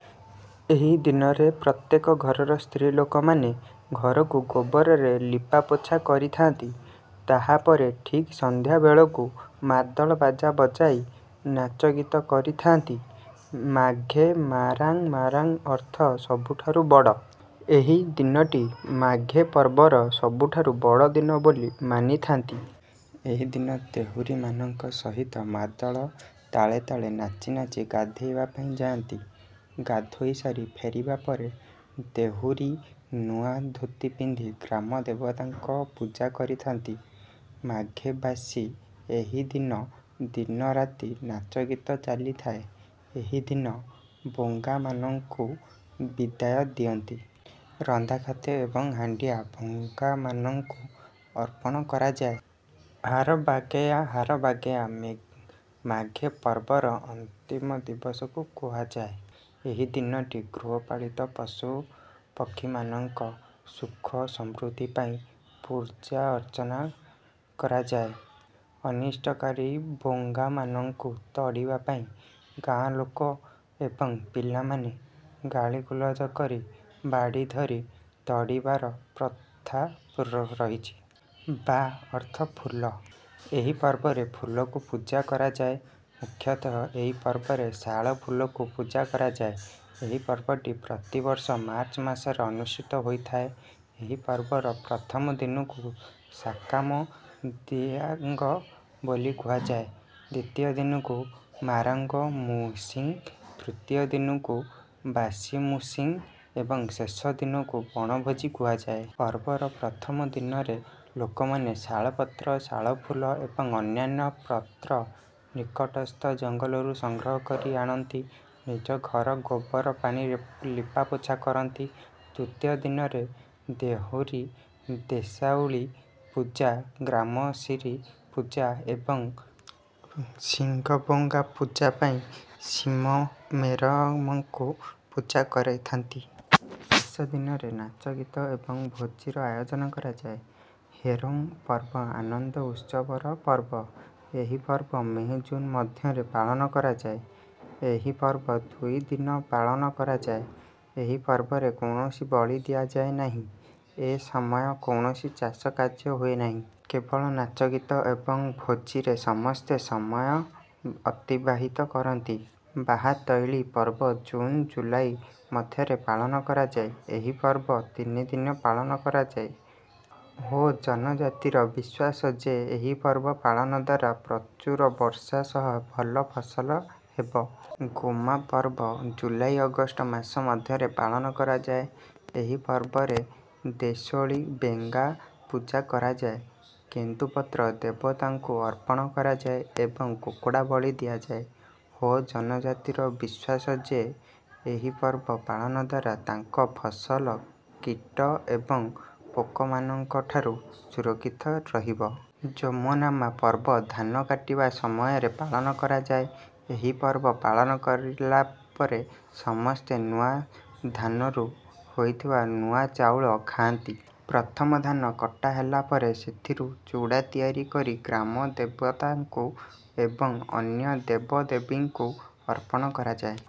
ଏହି ଦିନରେ ପ୍ରତ୍ୟେକ ଘରର ସ୍ତ୍ରୀଲୋକମାନେ ଘରକୁ ଗୋବରରେ ଲିପାପୋଛା କରିଥାନ୍ତି। ତାହା ପରେ ଠିକ ସନ୍ଧ୍ୟା ବେଳକୁ ମାଦଳ ବାଜା ବଜାଇ ନାଚଗୀତ କରିଥାନ୍ତି। ମାଘେ ମାରାଁ ମାରାଁ ଅର୍ଥ ସବୁଠାରୁ ବଡ଼। ଏହି ଦିନଟି ମାଘେ ପର୍ବର ସବୁଠାରୁ ବଡ଼ ଦିନ ବୋଲି ମାନିଥାନ୍ତି। ଏହି ଦିନ ଦେହୁରୀମାନଙ୍କ ସହିତ ମାଦଳ ତାଳେ ତାଳେ ନାଚି ନାଚି ଗାଧୋଇବା ପାଇଁ ଯାଆନ୍ତି। ଗାଧୋଇ ସାରି ଫେରିବା ପରେ ଦେହୁରୀ ନୂଆ ଧୋତି ପିନ୍ଧି ଗ୍ରାମଦେବତାଙ୍କ ପୂଜା କରିଥାନ୍ତି। ମାଘେ ବାସୀ ଏହି ଦିନ ଦିନରାତି ନାଚଗୀତ ଚାଲିଥାଏ। ଏହି ଦିନ ବୋଙ୍ଗାମାନଙ୍କୁ ବିଦାୟ ଦିଅନ୍ତି। ରନ୍ଧା ଖାଦ୍ୟ ଏବଂ ହାଣ୍ଡିଆ ବୋଙ୍ଗାମାନଙ୍କୁ ଅର୍ପଣ କରାଯାଏ। ହାରବାଗେୟା ହାରବାଗେୟା ମାଘେ ପର୍ବର ଅନ୍ତିମ ଦିବସକୁ କୁହାଯାଏ। ଏହି ଦିନଟି ଗୃହପାଳିତ ପଶୁପକ୍ଷୀମାନଙ୍କ ସୁଖ ସମୃଦ୍ଧି ପାଇଁ ପୂଜାର୍ଚ୍ଚନା କରାଯାଏ। ଅନିଷ୍ଟକାରୀ ବୋଙ୍ଗାମାନଙ୍କୁ ତଡ଼ିବା ପାଇଁ ଗାଁର ଲୋକ ଏବଂ ପିଲାମାନେ ଗାଳିଗୁଲଜ କରି ବାଡ଼ି ଧରି ତଡ଼ିବାର ପ୍ରଥା ର ରହିଛି। ବା ଅର୍ଥ ଫୁଲ। ଏହି ପର୍ବରେ ଫୁଲକୁ ପୂଜା କରାଯାଏ। ମୁଖ୍ୟତଃ ଏହି ପର୍ବରେ ଶାଳ ଫୁଲକୁ ପୂଜା କରାଯାଏ। ଏହି ପର୍ବଟି ପ୍ରତି ବର୍ଷ ମାର୍ଚ୍ଚ ମାସରେ ଅନୁଷ୍ଠିତ ହୋଇଥାଏ। ଏହି ପର୍ବର ପ୍ରଥମ ଦିନକୁ ସାକାମ ଦିଆଙ୍ଗ ବୋଲି କୁହାଯାଏ ଦ୍ୱିତୀୟ ଦିନକୁ ମାରାଙ୍ଗ ମୁସିଂ ତୃତୀୟ ଦିନକୁ ବାସି ମୁସିଂ ଏବଂ ଶେଷ ଦିନକୁ ବଣଭୋଜି କୁହାଯାଏ। ପର୍ବର ପ୍ରଥମ ଦିନରେ ଲୋକମାନେ ଶାଳ ପତ୍ର ଶାଳ ଫୁଲ ଏବଂ ଅନ୍ୟାନ୍ୟ ପତ୍ର ନିକଟସ୍ଥ ଜଙ୍ଗଲରୁ ସଂଗ୍ରହ କରି ଆଣନ୍ତି ନିଜ ଘର ଗୋବର ପାଣିରେ ଲିପାପୋଛା କରି। ତୃତୀୟ ଦିନରେ ଦେହୁରୀ ଦେଶାଉଳୀ ପୂଜା ଗ୍ରାମସିରୀ ପୂଜା ଏବଂ ସିଙ୍ଗବୋଙ୍ଗା ପୂଜା ପାଇଁ ସିମ ମେରମଙ୍କୁ ପୂଜା କରିଥାନ୍ତି। ଶେଷ ଦିନରେ ନାଚଗୀତ ଏବଂ ଭୋଜିର ଆୟୋଜନ କରାଯାଏ। ହେରୋଓ ପର୍ବ ଆନନ୍ଦ ଉତ୍ସବର ପର୍ବ। ଏହି ପର୍ବ ମେ ଜୁନ ମଧ୍ୟରେ ପାଳନ କରାଯାଏ। ଏହି ପର୍ବ ଦୁଇ ଦିନ ପାଳନ କରାଯାଏ। ଏହି ପର୍ବରେ କୌଣସି ବଳି ଦିଆଯାଏ ନାହିଁ। ଏ ସମୟରେ କୌଣସି ଚାଷ କାର୍ଯ୍ୟ ହୁଏ ନାହିଁ। କେବଳ ନାଚଗୀତ ଏବଂ ଭୋଜିରେ ସମସ୍ତେ ସମୟ ଅତିବାହିତ କରନ୍ତି। ବାହାତୌଳି ପର୍ବ ଜୁନ ଜୁଲାଇ ମଧ୍ୟରେ ପାଳନ କରାଯାଏ। ଏହି ପର୍ବ ତିନି ଦିନ ପାଳନ କରାଯାଏ। ହୋ ଜନଜାତିର ବିଶ୍ୱାସ ଯେ ଏହି ପର୍ବ ପାଳନ ଦ୍ୱାରା ପ୍ରଚୁର ବର୍ଷା ସହ ଭଲ ଫସଲ ହେବ। ଗୋମା ପର୍ବ ଜୁଲାଇ ଅଗଷ୍ଟ ମାସ ମଧ୍ୟରେ ପାଳନ କରାଯାଏ। ଏହି ପର୍ବରେ ଦେସୌଳୀ ବୋଙ୍ଗା ପୂଜା କରାଯାଏ। କେନ୍ଦୁ ପତ୍ର ଦେବତାଙ୍କୁ ଅର୍ପଣ କରାଯାଏ ଏବଂ କୁକୁଡ଼ା ବଳି ଦିଆଯାଏ। ହୋ ଜନଜାତିର ବିଶ୍ୱାସ ଯେ ଏହି ପର୍ବ ପାଳନ ଦ୍ୱାରା ତାଙ୍କ ଫସଲ କୀଟ ଏବଂ ପୋକମାନଙ୍କ ଠାରୁ ସୁରକ୍ଷିତ ରହିବ। ଜୋମନାମା ପର୍ବ ଧାନ କାଟିବା ସମୟରେ ପାଳନ କରାଯାଏ। ଏହି ପର୍ବ ପାଳନ କଲା ପରେ ସମସ୍ତେ ନୂଆ ଧାନରୁ ହୋଇଥିବା ନୂଆ ଚାଉଳ ଖାଆନ୍ତି। ପ୍ରଥମ ଧାନ କଟା ହେଲା ପରେ ସେଥିରୁ ଚୂଡ଼ା ତିଆରି କରି ଗ୍ରାମଦେବତାଙ୍କୁ ଏବଂ ଅନ୍ୟ ଦେବଦେବୀଙ୍କୁ ଅର୍ପଣ କରାଯାଏ।